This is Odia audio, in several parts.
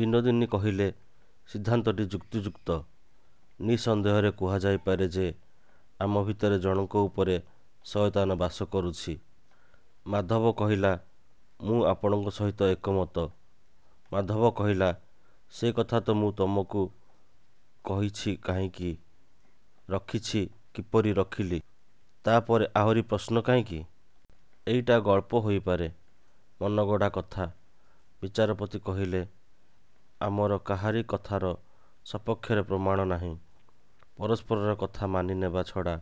ବିନୋଦିନୀ କହିଲେ, ସିଦ୍ଧାନ୍ତଟି ଯୁକ୍ତିଯୁକ୍ତ। ନିଃସନ୍ଦେହରେ କୁହାଯାଇପାରେ ଯେ ଆମ ଭିତରେ ଜଣକ ଉପରେ ଶୟତାନ ବାସ କରୁଛି। ମାଧବ କହିଲା, ମୁଁ ଆପଣଙ୍କ ସହିତ ଏକମତ। ମାଧବ କହିଲା, ସେ କଥା ତ ମୁଁ ତମକୁ କହିଛି କାହିଁକି ରଖିଛି, କିପରି ରଖିଲି। ତା ପରେ ଆହୁରି ପ୍ରଶ୍ନ କାହିଁକି? ଏଇଟା ଗଳ୍ପ ହୋଇପାରେ। ମନଗଢ଼ା କଥା। ବିଚାରପତି କହିଲେ, ଆମର କାହାରି କଥାର ସପକ୍ଷରେ ପ୍ରମାଣ ନାହିଁ। ପରସ୍ପରର କଥା ମାନିନେବା ଛଡ଼ା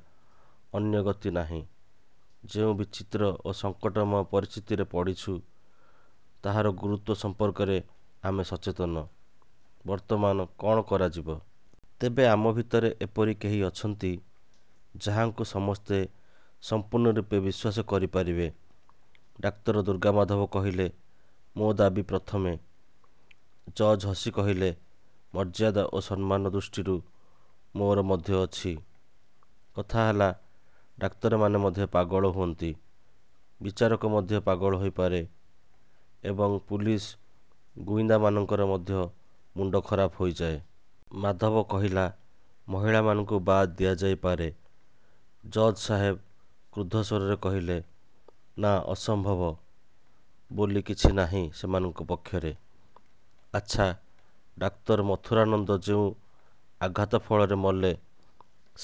ଅନ୍ୟ ଗତି ନାହିଁ। ଯେଉଁ ବିଚିତ୍ର ଓ ସଙ୍କଟମୟ ପରିସ୍ଥିତିରେ ପଡ଼ିଛୁ ତାହାର ଗୁରୁତ୍ଵ ସମ୍ପର୍କରେ ଆମେ ସଚେତନ। ବର୍ତ୍ତମାନ କ'ଣ କରାଯିବ? ତେବେ ଆମ ଭିତରେ ଏପରି କେହି ଅଛନ୍ତି ଯାହାଙ୍କୁ ସମସ୍ତେ ସମ୍ପୂର୍ଣ୍ଣରୂପେ ବିଶ୍ୱାସ କରିପାରିବେ? ଡାକ୍ତର ଦୁର୍ଗାମାଧବ କହିଲେ, ମୋର ଦାବି ପ୍ରଥମେ। ଜଜ୍ ହସି କହିଲେ, ମର୍ଯ୍ୟାଦା ଓ ସମ୍ମାନ ଦୃଷ୍ଟିରୁ ମୋର ମଧ୍ୟ ଅଛି। କଥା ହେଲା, ଡାକ୍ତରମାନେ ମଧ୍ୟ ପାଗଳ ହୁଅନ୍ତି, ବିଚାରକ ମଧ୍ୟ ପାଗଳ ହୋଇପାରେ ଏବଂ ପୋଲିସ ଗୁଇନ୍ଦାମାନଙ୍କର ମଧ୍ୟ ମୁଣ୍ଡ ଖରାପ ହୋଇଥାଏ। ମାଧବ କହିଲା, ମହିଳାମାନଙ୍କୁ ବାଦ୍ ଦିଆଯାଇପାରେ। ଜଜ୍ ସାହେବ କ୍ରୁଦ୍ଧ ସ୍ଵରରେ କହିଲେ, ନା, ଅସମ୍ଭବ ବୋଲି କିଛି ନାହିଁ ସେମାନଙ୍କ ପକ୍ଷରେ। ଆଚ୍ଛା ଡାକ୍ତର, ମଥୁରାନନ୍ଦ ଯେଉଁ ଆଘାତ ଫଳରେ ମଲେ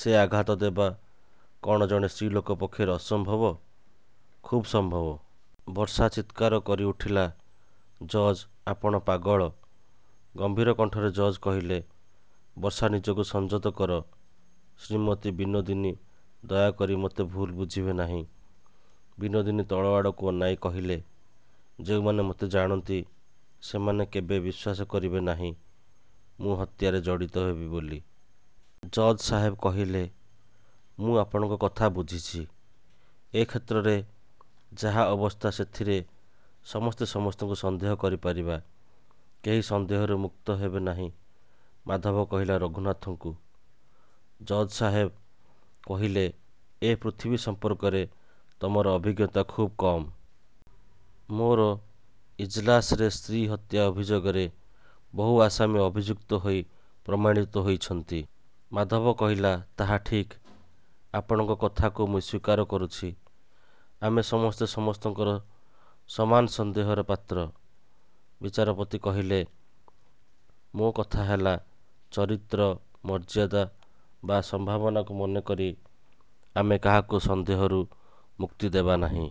ସେ ଆଘାତ ଦେବା କ'ଣ ଜଣେ ସ୍ତ୍ରୀଲୋକ ପକ୍ଷରେ ଅସମ୍ଭବ? ଖୁବ୍ ସମ୍ଭବ। ବର୍ଷା ଚିତ୍କାର କରିଉଠିଲା, ଜଜ୍, ଆପଣ ପାଗଳ। ଗମ୍ଭୀର କଣ୍ଠରେ ଜଜ୍ କହିଲେ, ବର୍ଷା, ନିଜକୁ ସଂଯତ କର। ଶ୍ରୀମତୀ ବିନୋଦିନୀ, ଦୟାକରି ମୋତେ ଭୁଲ ବୁଝିବେ ନାହିଁ। ବିନୋଦିନୀ ତଳ ଆଡ଼କୁ ଅନାଇ କହିଲେ, ଯେଉଁମାନେ ମୋତେ ଜାଣନ୍ତି, ସେମାନେ କେବେ ବିଶ୍ୱାସ କରିବେ ନାହିଁ ମୁଁ ହତ୍ୟାରେ ଜଡ଼ିତ ହେବି ବୋଲି। ଜଜ୍ ସାହେବ କହିଲେ, ମୁଁ ଆପଣଙ୍କ କଥା ବୁଝିଛି। ଏ କ୍ଷେତ୍ରରେ ଯାହା ଅବସ୍ଥା ସେଥିରେ ସମସ୍ତେ ସମସ୍ତଙ୍କୁ ସନ୍ଦେହ କରିପାରିବା। କେହି ସନ୍ଦେହରୁ ମୁକ୍ତ ହେବେ ନାହିଁ। ମାଧବ କହିଲା, ରଘୁନାଥକୁ? ଜଜ୍ ସାହେବ କହିଲେ, ଏ ପୃଥିବୀ ସମ୍ପର୍କରେ ତମର ଅଭିଜ୍ଞତା ଖୁବ୍ କମ୍। ମୋର ଇଜଲାସରେ ସ୍ତ୍ରୀ ହତ୍ୟା ଅଭିଯୋଗରେ ବହୁ ଆସାମୀ ଅଭିଯୁକ୍ତ ହୋଇ ପ୍ରମାଣିତ ହୋଇଛନ୍ତି। ମାଧବ କହିଲା, ତାହା ଠିକ୍। ଆପଣଙ୍କ କଥାକୁ ମୁଁ ସ୍ଵୀକାର କରୁଛି। ଆମେ ସମସ୍ତେ ସମସ୍ତଙ୍କର ସମାନ ସନ୍ଦେହର ପାତ୍ର। ବିଚାରପତି କହିଲେ, ମୋ କଥା ହେଲା ଚରିତ୍ର, ମର୍ଯ୍ୟାଦା ବା ସମ୍ଭାବନାକୁ ମନେକରି ଆମେ କାହାକୁ ସନ୍ଦେହରୁ ମୁକ୍ତି ଦେବା ନାହିଁ।